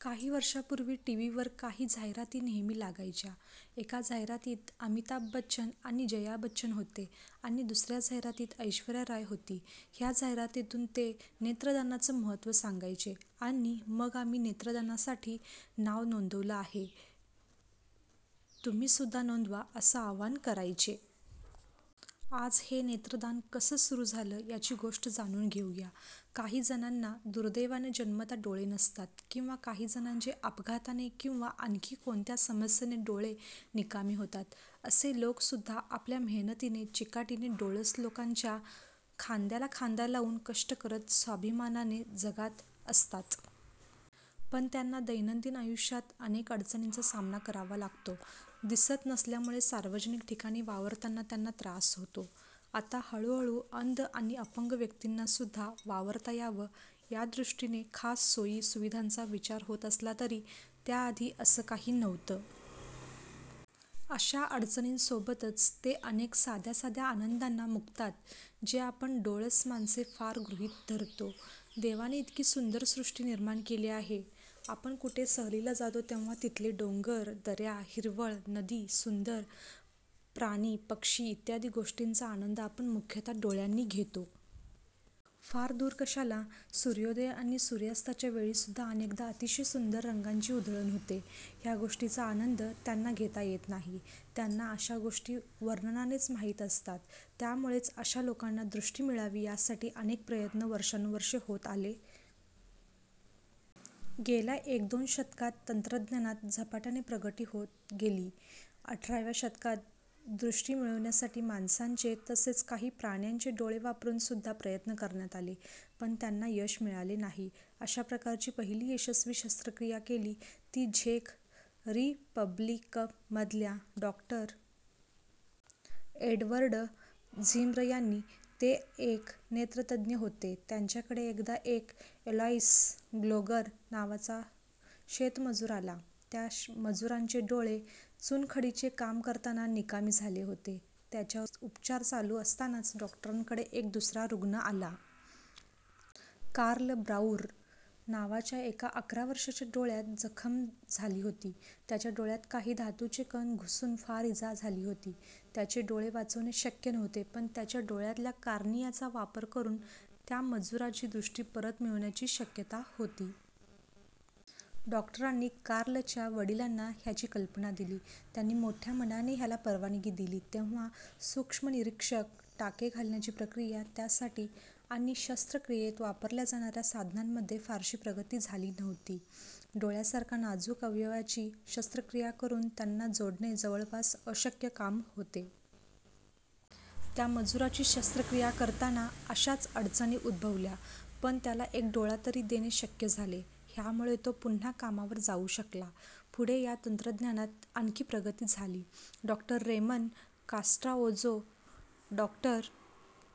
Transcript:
काही वर्षांपूर्वी टीव्हीवर काही जाहिराती नेहमी लागायच्या. एका जाहिरातीत अमिताभ बच्चन आणि जया बच्चन होते आणि दुसऱ्या जाहिरातीत ऐश्वर्या राय होती. ह्या जाहिरातीतून ते नेत्रदानाचं महत्व सांगायचे आणि मग आम्ही नेत्रदानासाठी नाव नोंदवलं आहे, तुम्हीसुद्धा नोंदवा असं आव्हान करायचे. आज हे नेत्रदान कसं सुरु झालं याची गोष्ट जाणून घेऊया. काही जणांना दुर्दैवाने जन्मतः डोळे नसतात, किंवा काही जणांचे अपघाताने किंवा आणखी कोणत्या समस्येने डोळे निकामी होतात. असे लोकसुद्धा आपल्या मेहनतीने, चिकाटीने डोळस लोकांच्या खांद्याला खांदा लावून कष्ट करत स्वाभिमानाने जगात असतात. पण त्यांना दैनंदिन आयुष्यात अनेक अडचणींचा सामना करावा लागतो. दिसत नसल्यामुळे सार्वजनिक ठिकाणी वावरताना त्यांना त्रास होतो. आता हळूहळू अंध आणि अपंग व्यक्तींनासुद्धा वावरता यावं यादृष्टीने खास सोयी सुविधांचा विचार होत असला तरी त्याआधी असं काही नव्हतं. अशा अडचणींसोबतच ते अनेक साध्या साध्या आनंदांना मुकतात जे आपण डोळस माणसे फार गृहीत धरतो. देवाने इतकी सुंदर सृष्टी निर्माण केली आहे. आपण कुठे सहलीला जातो तेव्हा तिथले डोंगर, दऱ्या, हिरवळ, नदी, सुंदर प्राणी पक्षी इत्यादी गोष्टींचा आनंद आपण मुख्यतः डोळ्यांनी घेतो. फार दूर कशाला, सूर्योदय आणि सूर्यास्ताच्या वेळीसुद्धा अनेकदा अतिशय सुंदर रंगांची उधळण होते. ह्या गोष्टींचा आनंद त्यांना घेता येत नाही. त्यांना अशा गोष्टी वर्णनानेच माहित असतात. त्यामुळेच अशा लोकांना दृष्टी मिळावी यासाठी अनेक प्रयत्न वर्षानुवर्षे होत आले. गेल्या एक दोन शतकात तंत्रज्ञानात झपाट्याने प्रगती होत गेली. अठराव्या शतकात दृष्टी मिळवण्यासाठी माणसांचे, तसेच काही प्राण्यांचे डोळे वापरून सुद्धा प्रयत्न करण्यात आले, पण त्यांना यश मिळाले नाही. अशा प्रकारची पहिली यशस्वी शस्त्रक्रिया केली ती झेक रिपब्लिकमधल्या डॉ. एडवर्ड झिर्म यांनी. ते एक नेत्रतज्ञ होते. त्यांच्याकडे एकदा एक ऍलॉईस ग्लोगर नावाचा शेतमजूर आला. त्या मजुरांचे डोळे चुनखडीचे काम करताना निकामी झाले होते. त्याच्यावर उपचार चालू असतानाच डॉक्टरांकडे एक दुसरा रुग्ण आला. कार्ल ब्राऊर नावाच्या एका अकरा वर्षाच्या डोळ्यात जखम झाली होती. त्याच्या डोळ्यात काही धातूचे कण घुसून फार इजा झाली होती. त्याचे डोळे वाचवणे शक्य नव्हते, पण त्याच्या डोळ्यातल्या कॉर्नियाचा वापर करून त्या मजुराची दृष्टी परत मिळवण्याची शक्यता होती. डॉक्टरांनी कार्लच्या वडिलांना ह्याची कल्पना दिली. त्यांनी मोठ्या मनाने ह्याला परवानगी दिली. तेव्हा सूक्ष्मनिरीक्षक, टाके घालण्याची प्रक्रिया, त्यासाठी आणि शस्त्रक्रियेत वापरल्या जाणाऱ्या साधनांमध्ये फारशी प्रगती झाली नव्हती. डोळ्यासारखा नाजूक अवयवाची शस्त्रक्रिया करून त्यांना जोडणे जवळपास अशक्य काम होते. त्या मजुराची शस्त्रक्रिया करताना अशाच अडचणी उद्भवल्या, पण त्याला एक डोळा तरी देणे शक्य झाले. ह्यामुळे तो पुन्हा कामावर जाऊ शकला. पुढे या तंत्रज्ञानात आणखी प्रगती झाली. डॉ. रेमन कास्ट्रावोजो, डॉ.